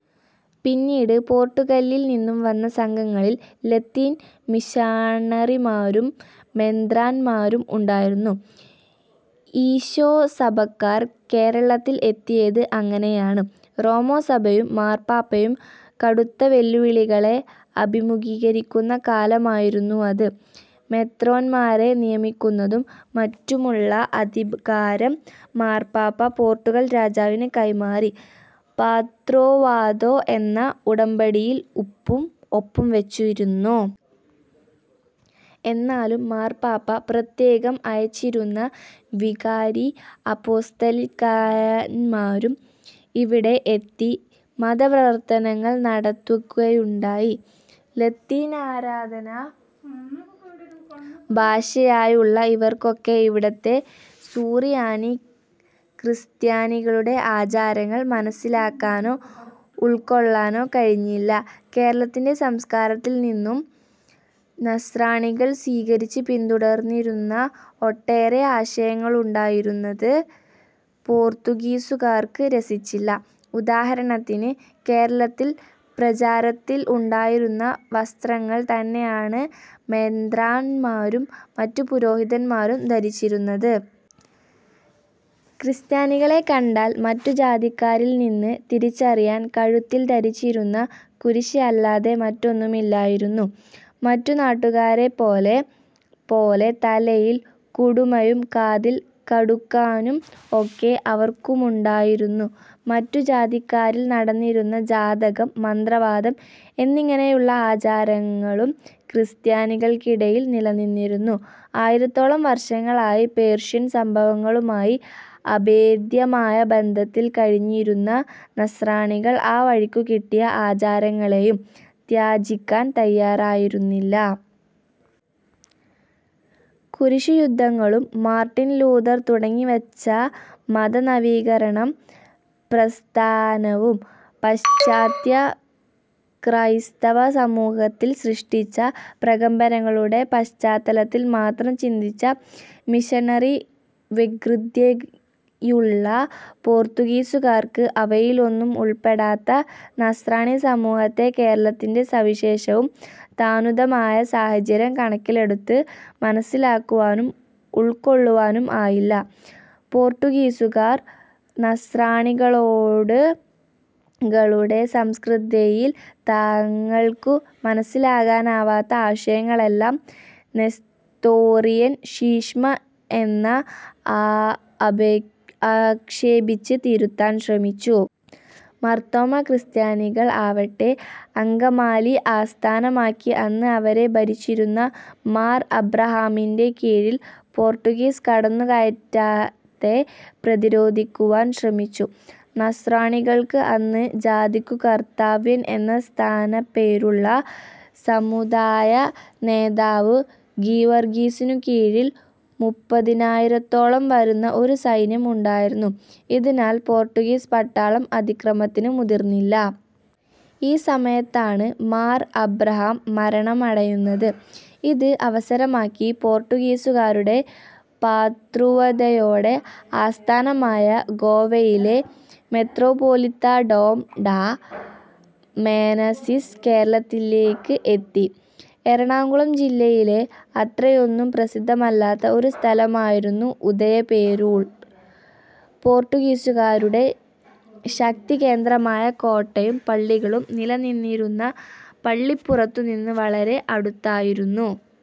പിന്നീട് പോർട്ടുഗലിൽ നിന്നു വന്ന സംഘങ്ങളിൽ ലത്തീൻ മിഷണറിമാരും മെത്രാന്മാരും ഉണ്ടായിരുന്നു. ഈശോ സഭക്കാർ കേരളത്തിൽ എത്തിയത് അങ്ങനെയാണ്. റോമാ സഭയും മാർപാപ്പയും കടുത്ത വെല്ലുവിളികളെ അഭിമുഖീകരിക്കുന്ന കാലമായിരുന്നു അത്. മെത്രാന്മാരെ നിയമിക്കുന്നതും മറ്റുമുള്ള അധികാരം മാർപാപ്പ പോർട്ടുഗൽ രാജാവിന് കൈമാറി പാദ്രുവാദോ എന്ന ഉടമ്പടിയിൽ ഒപ്പു വച്ചിരുന്നു. എന്നാലും മാർപാപ്പ പ്രത്യേകം അയച്ചിരുന്ന വികാരി അപ്പോസ്തലികന്മാരും ഇവിടെ എത്തി മത പ്രവർത്തനങ്ങൾ നടത്തുകയുണ്ടായി. ലത്തീൻ ആരാധനാ ഭാഷയായുള്ള ഇവർക്കൊക്കെ ഇവിടത്തെ സുറിയാനി ക്രിസ്ത്യാനികളുടെ ആചാരങ്ങൾ മനസ്സിലാക്കാനോ ഉൾകൊള്ളാനോ കഴിഞ്ഞില്ല. കേരളത്തിന്റെ സംസ്കാരത്തിൽ നിന്നു നസ്രാണികൾ സ്വീകരിച്ച് പിന്തുടർന്നിരുന്ന ഒട്ടേറെ അംശങ്ങളുണ്ടായിരുന്നത് പോർത്തുഗീസുകാർക്കു രസിച്ചില്ല. ഉദാഹരണത്തിന് കേരളത്തിൽ പ്രചാരത്തിൽ ഉണ്ടായിരുന്ന വസ്ത്രങ്ങൾ തന്നെയാണ് മെത്രാന്മാരും മറ്റു പുരോഹിതന്മാരും ധരിച്ചിരുന്നത്. ക്രിസ്ത്യാനികളെ കണ്ടാൽ മറ്റു ജാതിക്കാരിൽ നിന്ന് തിരിച്ചറിയാൻ, കഴുത്തിൽ ധരിച്ചിരുന്ന കുരിശ് അല്ലാതെ മറ്റൊന്നുമില്ലായിരുന്നു. മറ്റു നാട്ടുകാരെപ്പോലെ പോലെ തലയിൽ കുടുമയും കാതിൽ കടുക്കനും ഒക്കെ അവർക്കുമുണ്ടായിരുന്നു. മറ്റു ജാതിക്കാരിൽ നടന്നിരുന്ന ജാതകം, മന്ത്രവാദം എന്നിങ്ങനെയുള്ള ആചാരങ്ങളും ക്രിസ്ത്യാനികൾക്കിടയിൽ നിലനിന്നിരുന്നു. ആയിരത്തോളം വർഷങ്ങളായി പേർഷ്യൻ സഭകളുമായി അഭേദ്യമായി ബന്ധത്തിൽ കഴിഞ്ഞിരുന്ന നസ്രാണികൾ ആ വഴിക്കു കിട്ടിയ ആചാരങ്ങളെയും ത്യജിക്കാൻ തയ്യാറായിരുന്നില്ല. കുരിശുയുദ്ധങ്ങളും മാർട്ടിൻ ലൂഥർ തുടങ്ങിവച്ച മത നവീകരണം പ്രസ്ഥാനവും പാശ്ചാത്യ ക്രൈസ്തവ സമൂഹത്തിൽ സൃഷ്ടിച്ച പ്രകമ്പനങ്ങളുടെ പശ്ചാത്തലത്തിൽ മാത്രം ചിന്തിച്ച മിഷണറി വ്യഗ്രതയുള്ള പോർത്തുഗീസുകാർക്കു അവയിലൊന്നും ഉൾപ്പെടാത്ത നസ്രാണി സമൂഹത്തെ കേരളത്തിന്റെ സവിശേഷവും തനതുമായ സാഹചര്യം കണക്കിലെടുത്ത് മനസ്സിലാക്കുവാനും ഉൾക്കൊള്ളുവാനും ആയില്ല. പോർട്ടുഗീസുകാർ നസ്രാണികളുടെ സംസ്കൃതിയിൽ തങ്ങൾക്കു മനസ്സിലാക്കാനാവാത്ത അംശങ്ങളെയെല്ലാം നെസ്തോറിയൻ ശീശ്മ എന്ന് ആക്ഷേപിച്ച് തിരുത്താൻ ശ്രമിച്ചു. മാർത്തോമ്മാ ക്രിസ്ത്യാനികൾ ആവട്ടെ അങ്കമാലി ആസ്ഥാനമാക്കി അന്ന് അവരെ ഭരിച്ചിരുന്ന മാർ അബ്രാഹാമിന്റെ കീഴിൽ പോർട്ടുഗീസ് കടന്നുകയറ്റത്തെ പ്രതിരോധിക്കുവാൻ ശ്രമിച്ചു. നസ്രാണികൾക്ക് അന്ന് ജാതിക്കു കർത്തവ്യൻ എന്ന സ്ഥാനപ്പേരുള്ള സമുദായ നേതാവു ഗീവർഗീസിനു കീഴിൽ മുപ്പതിനായിരത്തോളം വരുന്ന ഒരു സൈന്യം ഉണ്ടായിരുന്നു. ഇതിനാൽ പോർട്ടുഗീസ് പട്ടാളം അതിക്രമത്തിന് മുതിർന്നില്ല. ഈ സമയത്താണ് മാർ ആബ്രഹാം മരണമടയുന്നത്. ഇത് അവസരമാക്കി പോർട്ടുഗീസുകാരുടെ പാദ്രുവാദോയുടെ ആസ്ഥാനമായ ഗോവയിലെ മെത്രാപോലീത്ത ഡോം ഡോ. മെനസിസ് കേരളത്തിലേയ്ക്ക് എത്തി്. എറണാകുളം ജില്ലയിലെ അത്രയൊന്നും പ്രസിദ്ധമല്ലാത്ത ഒരു സ്ഥലമായിരുന്ന ഉദയംപേരൂർ പോർട്ടുഗീസുകാരുടേ ശക്തി കേന്ദ്രമായ കോട്ടയും പള്ളികളും നിലനിന്നിരുന്ന പള്ളിപ്പുറത്തു നിന്ന് വളരെ അടുത്തായിരുന്നു.